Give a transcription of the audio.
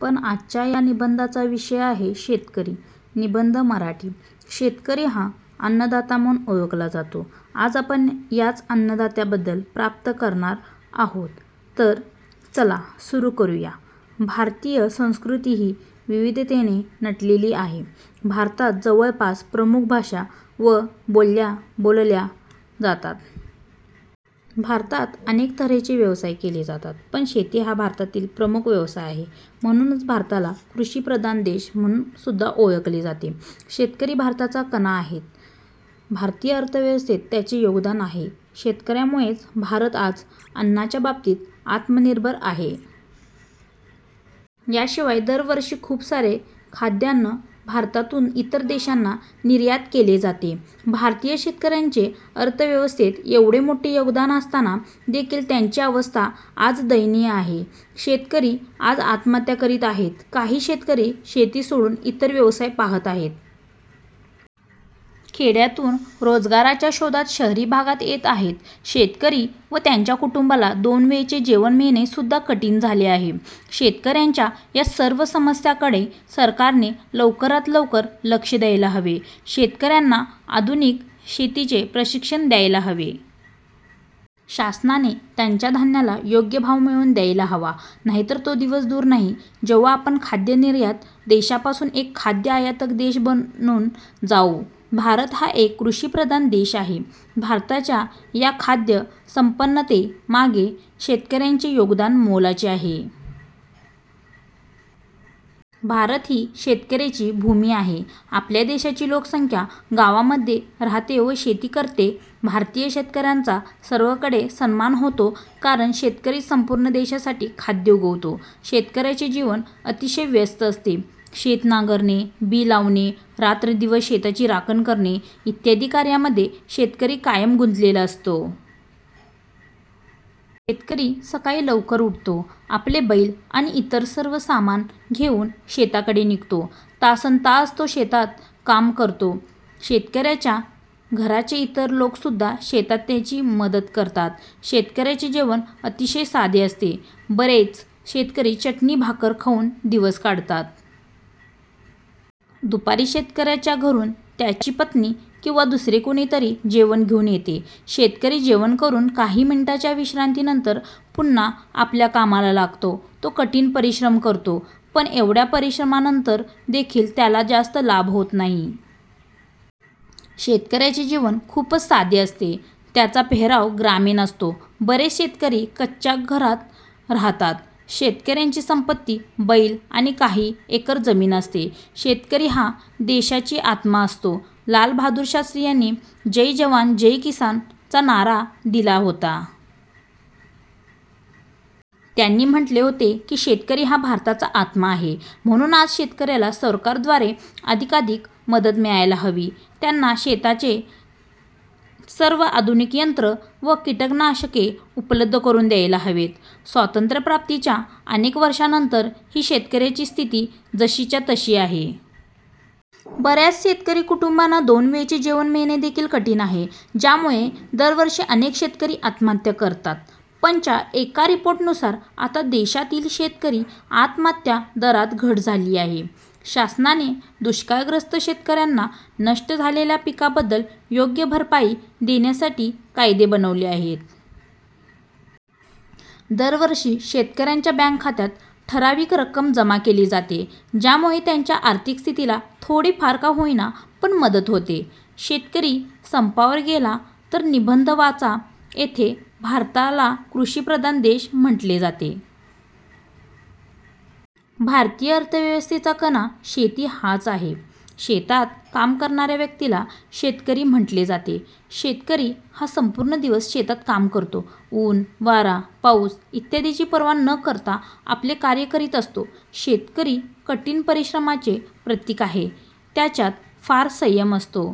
पण आजच्या या निबंधाचा विषय आहे शेतकरी निबंध मराठी. शेतकरी हा अन्नदाता म्हणून ओळखला जातो. आज आपण याच अन्नदात्याबद्दल प्राप्त करणार आहोत तर चला सुरू करुया. भारतीय संस्कृती ही विविधतेने नटलेली आहे. भारतात जवळपास प्रमुख भाषा व बोल्या बोलल्या जातात. भारतात अनेक तऱ्हेचे व्यवसाय केले जातात. पण शेती हा भारतातील प्रमुख व्यवसाय आहे. म्हणूनच भारताला 'कृषी प्रधान देश' म्हणून सुद्धा ओळखले जाते. शेतकरी भारताचा कणा आहेत. भारतीय अर्थव्यवस्थेत त्याचे योगदान आहे. शेतकऱ्यांमुळेच भारत आज अन्नाच्या बाबतीत आत्मनिर्भर आहे. या शिवाय दर वर्षी खूप सारे खाद्यान्न भारतातून इतर देशांना निर्यात केले जाते. भारतीय शेतकऱ्याचे अर्थव्यवस्थेत येवढे मोठे योगदान असताना देखील त्याची अवस्था आज दयनीय आहे. शेतकरी आज आत्महत्या करीत आहेत. काही शेतकरी शेती सोडून इतर व्यवसाय पाहत आहेत. खेड्यातून रोजगाराच्या शोधात शहरी भागात येत आहेत. शेतकरी व त्यांच्या कुटुंबाला दोन वेळेचे जेवण मिळणे सुद्धा कठीण झाले आहे. शेतकऱ्यांच्या या सर्व समस्यांकडे सरकारने लवकरात लवकर लक्ष द्यायला हवे. शेतकऱ्यांना आधुनिक शेतीचे प्रशिक्षण द्यायला हवे. शासनाने त्यांच्या धान्याला योग्य भाव मिळवून द्यायला हवा. नाहीतर तो दिवस दूर नाही जेव्हा आपण खाद्य निर्यात देशापासून एक खाद्य आयातक देश बनून जाऊ. भारत हा एक कृषी प्रधान देश आहे. भारताच्या या खाद्य संपन्नते मागे शेतकऱ्याचे योगदान मोलाचे आहे. भारत ही शेतकऱ्याची भूमी आहे. आपल्या देशाची लोकसंख्या गावामध्ये राहते व शेती करते. भारतीय शेतकऱ्याचा सर्वकडे सन्मान होतो. कारण शेतकरीच संपूर्ण देशासाठी खाद्य उगवतो. शेतकऱ्याचे जीवन अतिशय व्यस्त असते. शेत नांगरणे, बी लावणे, रात्रंदिवस शेताची राखण करणे इत्यादी कार्यामध्ये शेतकरी कायम गुंतलेला असतो. शेतकरी सकाळी लवकर उठतो आपले बैल आणि इतर सर्व सामान घेऊन शेताकडे निघतो. तासनतास तो शेतात काम करतो. शेतकऱ्यांच्या घराचे इतर लोक सुद्धा शेतात त्याची मदत करतात. शेतकऱ्याचे जेवण अतिशय साधे असते. बरेच शेतकरी चटणी भाकर खाऊन दिवस काढत असतात. दुपारी शेतकऱ्यांच्या घरून त्याची पत्नी किंवा दुसरे कोणीतरी जेवण घेऊन येते. शेतकरी जेवण करून काही मिनिटांच्या विश्रांती नंतर पुन्हा आपल्या कामाला लागतो. तो कठीण परिश्रम करतो. पण एवढ्या परिश्रमानंतर देखील त्याला जास्त लाभ होत नाही. शेतकऱ्याचे जीवन खूपच साधे असते. त्याचा पेहराव ग्रामीण असतो. बरेच शेतकरी कच्या घरात राहतात. शेतकऱ्याची संपत्ती बैल आणि काही एकर जमीन असते. शेतकरी हा देशाची आत्मा असतो. लाल बहादूर शास्त्री यांनी 'जय जवान जय किसान' चा नारा दिला होता. त्यांनी म्हटले होते की शेतकरी हा भारताचा आत्मा आहे. म्हणून आज शेतकऱ्याला सरकार द्वारे अधिकाधिक मदत मिळायला हवी. त्यांना शेताचे सर्व आधुनिक यंत्र व कीटनाशके उपलब्ध करून द्यायला हवेत. स्वातंत्र्यप्राप्तीच्या अनेक वर्षांनंतर ही शेतकऱ्यांची स्थिती जशीच्या तशी आहे. बऱ्याच शेतकरी कुटुंबांना दोन वेळचे जेवण मिळणे देखील कठीण आहे. ज्यामुळे दरवर्षी अनेक शेतकरी आत्महत्या करतात. पण च्या एका रिपोर्टनुसार आता देशातील शेतकरी आत्महत्या दरात घट झाली आहे. शासनाने दुष्काळग्रस्त शेतकऱ्यांना नष्ट झालेल्या पिकाबद्दल योग्य भरपाई देण्यासाठी कायदे बनवले आहेत. दरवर्षी शेतकऱ्यांच्या बँक खात्यात ठराविक रक्कम जमा केली जाते. ज्यामुळे त्यांच्या आर्थिक स्थितीला थोडी फार का होईना पण मदत होते. शेतकरी संपावर गेला तर निबंध वाचा येथे भारताला कृषी प्रधान देश म्हटले जाते. भारतीय अर्थव्यवस्थेचा कणा शेती हाच आहे. शेतात काम करणाऱ्या व्यक्तीला शेतकरी म्हटले जाते. शेतकरी हा संपूर्ण दिवस शेतात काम करतो. ऊन, वारा, पाऊस इत्यादींची पर्वा न करता आपले कार्य करीत असतो. शेतकरी कठीण परिश्रमाचे प्रतीक आहे. त्याच्यात फार संयम असतो.